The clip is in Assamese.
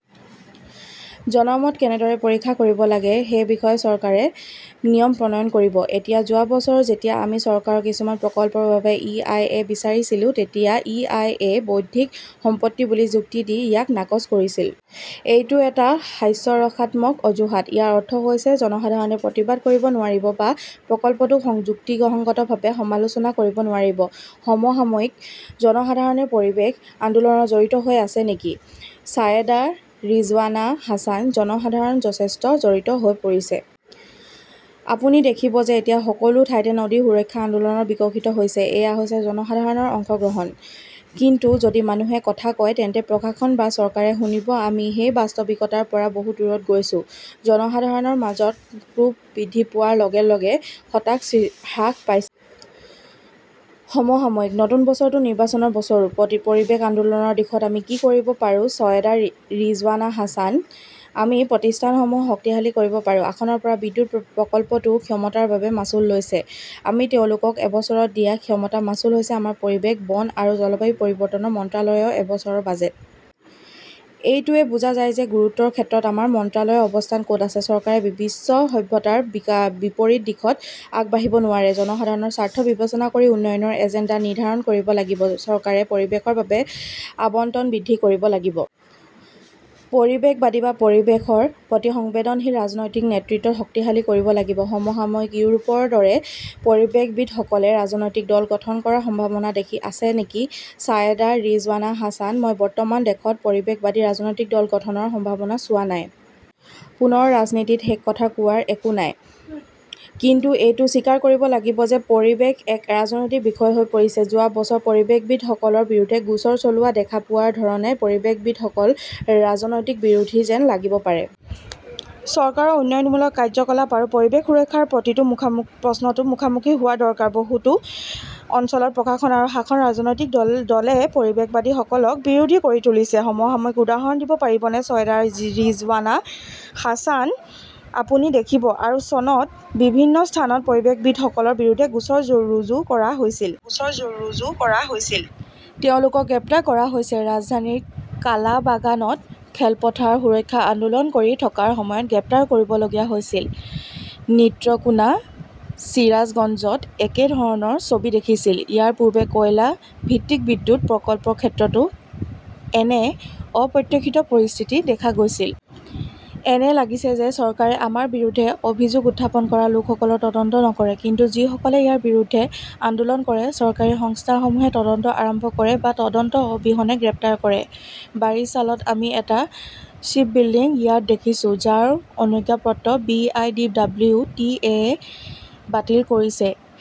জনমত কেনেদৰে পৰীক্ষা কৰিব লাগে সেই বিষয়ে চৰকাৰে নিয়ম প্ৰণয়ন কৰিব। এতিয়া, যোৱা বছৰ যেতিয়া আমি চৰকাৰৰ কিছুমান প্ৰকল্পৰ বাবে ই. আই. এ. বিচাৰিছিলো, তেতিয়া ই. আই. এ. বৌদ্ধিক সম্পত্তি বুলি যুক্তি দি ইয়াক নাকচ কৰিছিল। এইটো এটা হাস্যৰসাত্মক অজুহাত। ইয়াৰ অৰ্থ হৈছে জনসাধাৰণে প্ৰতিবাদ কৰিব নোৱাৰিব বা প্ৰকল্পটোক যুক্তিসংগতভাৱে সমালোচনা কৰিব নোৱাৰিব। সমসাময়িকঃ জনসাধাৰণে পৰিৱেশ আন্দোলনত জড়িত হৈ আছে নেকি ছায়েদা ৰিজৱানা হাছান জনসাধাৰণ যথেষ্ট জড়িত হৈ পৰিছে। আপুনি দেখিব যে এতিয়া সকলো ঠাইতে নদী সুৰক্ষা আন্দোলন বিকশিত হৈছে। এয়া হৈছে জনসাধাৰণৰ অংশগ্ৰহণ। কিন্তু যদি মানুহে কথা কয় তেন্তে প্ৰশাসন বা চৰকাৰে শুনিব-আমি সেই বাস্তৱিকতাৰ পৰা বহু দূৰৈত গৈছো। জনসাধাৰণৰ মাজত ক্ষোভ বৃদ্ধি পোৱাৰ লগে লগে হতাশা হ্ৰাস পাইছে। সমসাময়িকঃ নতুন বছৰটো নিৰ্বাচনৰ বছৰো। পৰিৱেশ আন্দোলনৰ দিশত আমি কি কৰিব পাৰোঁ ছায়েদা ৰিজৱানা হাছানঃ আমি প্ৰতিষ্ঠানসমূহক শক্তিশালী কৰিব পাৰোঁ। আসনৰ পৰাও বিদ্যুৎ প্ৰকল্পটোৱে ক্ষমতাৰ বাবে মাচুল লৈছে। আমি তেওঁলোকক এবছৰত দিয়া ক্ষমতা মাচুল হৈছে আমাৰ পৰিৱেশ, বন আৰু জলবায়ু পৰিৱৰ্তন মন্ত্ৰালয়ৰ এবছৰৰ বাজেট। এইটোৱে বুজায় যে গুৰুত্বৰ ক্ষেত্ৰত আমাৰ মন্ত্ৰালয়ৰ অৱস্থান ক’ত আছে। চৰকাৰে বিশ্ব সভ্যতাৰ বিপৰীত দিশত আগবাঢ়িব নোৱাৰে। জনসাধাৰণৰ স্বাৰ্থ বিবেচনা কৰি উন্নয়নৰ এজেণ্ডা নিৰ্ধাৰণ কৰিব লাগিব। চৰকাৰে পৰিৱেশৰ বাবে আবণ্টন বৃদ্ধি কৰিব লাগিব। পৰিৱেশবাদী বা পৰিৱেশৰ প্ৰতি সংবেদনশীল ৰাজনৈতিক নেতৃত্ব শক্তিশালী কৰিব লাগিব। সমসাময়িক ইউৰোপৰ দৰে পৰিৱেশবিদসকলে ৰাজনৈতিক দল গঠন কৰাৰ সম্ভাৱনা দেখি আছে নেকি ছায়েদা ৰিজৱানা হাছান মই বৰ্তমান দেশত পৰিৱেশবাদী ৰাজনৈতিক দল গঠনৰ সম্ভাৱনা চোৱা নাই। পুনৰ ৰাজনীতিত শেষ কথা কোৱাৰ একো নাই। কিন্তু এইটো স্বীকাৰ কৰিব লাগিব যে পৰিৱেশ এক ৰাজনৈতিক বিষয় হৈ পৰিছে। যোৱা বছৰ পৰিৱেশবিদসকলৰ বিৰুদ্ধে গোচৰ চলোৱা দেখা পোৱাৰ ধৰণে পৰিৱেশবিদসকল ৰাজনৈতিক বিৰোধী যেন লাগিব পাৰে। চৰকাৰৰ উন্নয়নমূলক কাৰ্যকলাপ আৰু পৰিৱেশ সুৰক্ষাৰ প্ৰশ্নটো মুখামুখি হোৱাৰ দৰে। বহুতো অঞ্চলত প্ৰশাসন আৰু শাসক ৰাজনৈতিক দলে পৰিৱেশবাদীসকলক বিৰোধী কৰি তুলিছে। সমসাময়িকঃ উদাহৰণ দিব পাৰিবনে ছায়েদা ৰিজৱানা হাছান আপুনি দেখিব, আৰু চনত বিভিন্ন স্থানত পৰিৱেশবিদসকলৰ বিৰুদ্ধে গোচৰ ৰুজু কৰা হৈছিল। তেওঁলোকক গ্ৰেপ্তাৰ কৰা হৈছে। ৰাজধানীৰ কালাবাগানত খেলপথাৰ সুৰক্ষা আন্দোলন কৰি থকাৰ সময়ত গ্ৰেপ্তাৰ কৰিবলগীয়া হৈছিল। নীত্ৰকোনা, চিৰাজগঞ্জত একে ধৰণৰ ছবি দেখিছিল। ইয়াৰ পূৰ্বে কয়লা ভিত্তিক বিদ্যুৎ প্ৰকল্পৰ ক্ষেত্ৰতো এনে অপ্ৰত্যাশিত পৰিস্থিতি দেখা গৈছিল। এনে লাগিছে যে চৰকাৰে আমাৰ বিৰুদ্ধে অভিযোগ উত্থাপন কৰা লোকসকলৰ তদন্ত নকৰে। কিন্তু যিসকলে ইয়াৰ বিৰুদ্ধে আন্দোলন কৰে, চৰকাৰী সংস্থাসমূহে তদন্ত আৰম্ভ কৰে বা তদন্ত অবিহনে গ্ৰেপ্তাৰ কৰে। বাৰিশ্বালত আমি এটা শ্বিপবিল্ডিং য়াৰ্ড দেখিছো, যাৰ অনুজ্ঞাপত্ৰ B. I. W. T. A. য়ে বাতিল কৰিছে। সেই